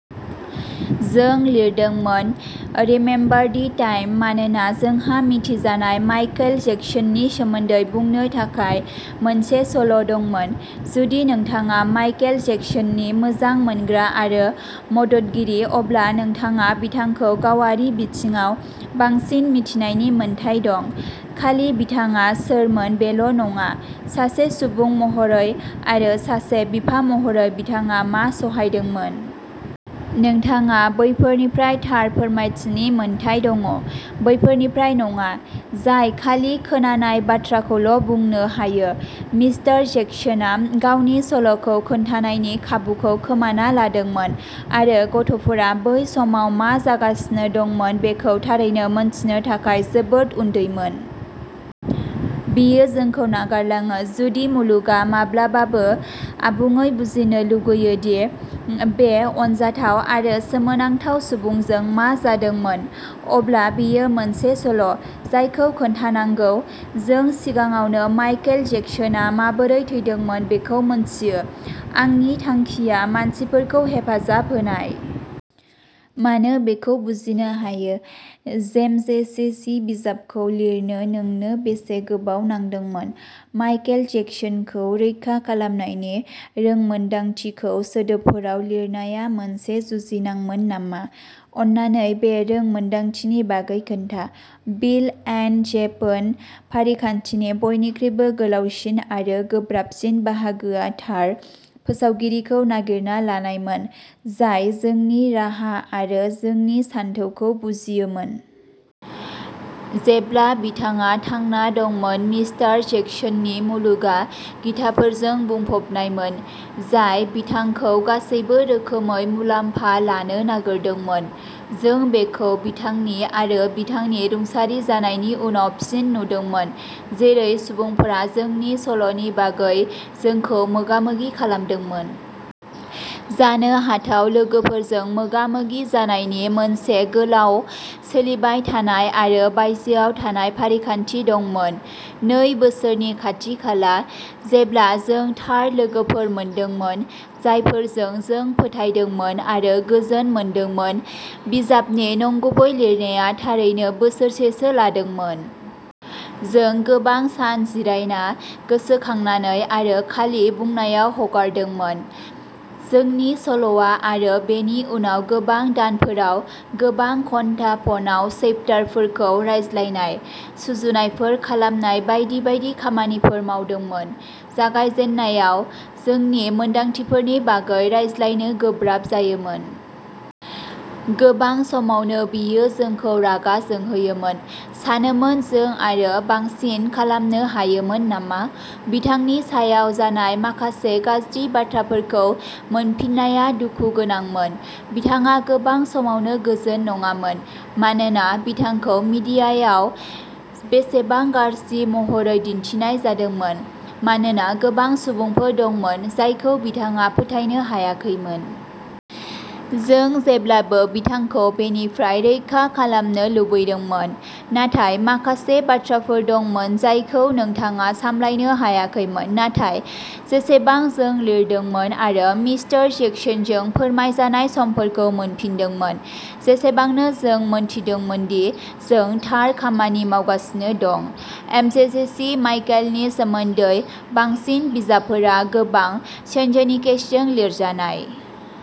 जों लिरदोंमोन remember the time मानोना जोंहा मिथिजानाय माइकेल जेक्सननि सोमोन्दै बुंनो थाखाय मोनसे सल' दंमोन। जुदि नोंथाङा माइकेल जेक्सननि मोजां मोनग्रा आरो मददगिरि, अब्ला नोंथाङा बिथांखौ गावारि बिथिङाव बांसिन मिथिनायनि मोन्थाइ दं, खालि बिथाङा सोरमोन बेल' नङा, सासे सुबुं महरै आरो सासे बिफा महरै बिथाङा मा सहायदोंमोन। नोंथाङा बैफोरनिफ्राय थार फोरमायथिनि मोन्थाइ दं, बैफोरनिफ्राय नङा, जाय खालि खोनानाय बाथ्राखौल' बुंनो हायो। मिस्टार जेक्सनआ गावनि सल'खौ खोन्थानायनि खाबुखौ खोमाना लादोंमोन आरो गथ'फोरा बै समाव मा जागासिनो दंमोन बेखौ थारैनो मिन्थिनो थाखाय जोबोद उन्दैमोन। बेयो जोंखौ नागारलाङो। जुदि मुलुगआ माब्लाबाबो आबुङै बुजिनो लुगैयो दि बे अनजाथाव आरो सोमोनांथाव सुबुंजों मा जादोंमोन, अब्ला बेयो मोनसे सल' जायखौ खोन्थानांगौ। जों सिगाङावनो माइखेल जेक्सनआ माबोरै थैदोंमोन बेखौ मिन्थियो। जोंनि थांखिया मानसिफोरखौ हेफाजाब होनाय। मानो बेखौ बुजिनो हायो। एमजेजेसि बिजाबखौ लिरनो नोंनो बेसे गोबाव नांदोंमोन? माइकेल जेक्सनखौ रैखा खालामनायनि रोंमोनदांथिखौ सोदोबफोराव लिरनाया मोनसे जुजिनांमोन नामा? अन्नानै बे रोंमोनदांथिनि बागै खोन्था। बिल एन्ड जेभन फारिखान्थिनि बयनिख्रुइबो गोलावसिन आरो गोब्राबसिन बाहागोआ थार फोसावगिरिखौ नागिरना लानायमोन जाय जोंनि राहा आरो जोंनि सानथौखौ बुजियोमोन। जेब्ला बिथाङा थांना दंमोन, मिस्टार जेक्सननि मुलुगआ गिधाफोरजों बुंफबनायमोन, जाय बिथांखौ गासैबो रोखोमै मुलाम्फा लानो नागिरदोंमोन। जों बेखौ बिथांनि आरो बिथांनि रुंसारि जानायनि उनाव फिन नुदोंमोन, जेरै सुबुंफोरा जोंनि सल'नि बागै जोंखौ मोगा-मोगि खालामदोंमोन। जानो हाथाव लोगोफोरजों मोगा-मोगि जानायनि मोनसे गोलाव, सोलिबाय थानाय आरो बायजोआव थानाय फारिखान्थि दंमोन, नै बोसोरनि खाथि-खाला। जेब्ला जों थार लोगोफोर मोनदोंमोन, जायफोरजों जों फोथायदोंमोन आरो गोजोन मोनदोंमोन, बिजाबनि नंगुबै लिरनाया थारैनो बोसोरसेसो लादोंमोन। जों गोबां सान जिरायना, गोसोखांनानै आरो खालि बुंनायाव हगारदोंमोन। जोंनि सल'आ, आरो बेनि उनाव गोबां दानफोराव, गोबां घन्टा फनआव चैप्टारफोरखौ रायज्लायनाय, सुजुनायफोर खालामनाय बायदि बायदि खामानिफोर मावदोंमोन। जागायजेननायाव जोंनि मोनदांथिफोरनि बागै रायज्लायनो गोब्राब जायोमोन। गोबां समावनो बेयो जोंखौ रागा जोंहोयोमोन, सानोमोन, "जों आरो बांसिन खालामनो हायोमोन नामा?" बिथांनि सायाव जानाय माखासे गाज्रि बाथ्राफोरखौ मोनफिननाया दुखु गोनांमोन। बिथाङा गोबां समावनो गोजोन नङामोन, मानोना बिथांखौ मिडियायाव बेसेबां गाज्रि महरै दिन्थिनाय जादोंमोन, मानोना गोबां सुबुंफोर दंमोन जायखौ बिथाङा फोथायनो हायाखैमोन। जों जेब्लाबो बिथांखौ बेनिफ्राय रैखा खालामनो लुबैदोंमोन, नाथाय माखासे बाथ्राफोर दंमोन जायखौ नोंथाङा सामलायनो हायाखैमोन। नाथाय जेसेबां जों लिरदोंमोन आरो मिस्टार जेक्सनजों फोरमायजानाय समफोरखौ मोनफिनदोंमोन, एसेबांनो जों मिथिदोंमोन दि जों थार खामानि मावगासिनो दं। एमजेजेसि माइकेलनि सोमोन्दै बांसिन बिजाबफोरा गोबां सनसनीखेजजों लिरजानाय।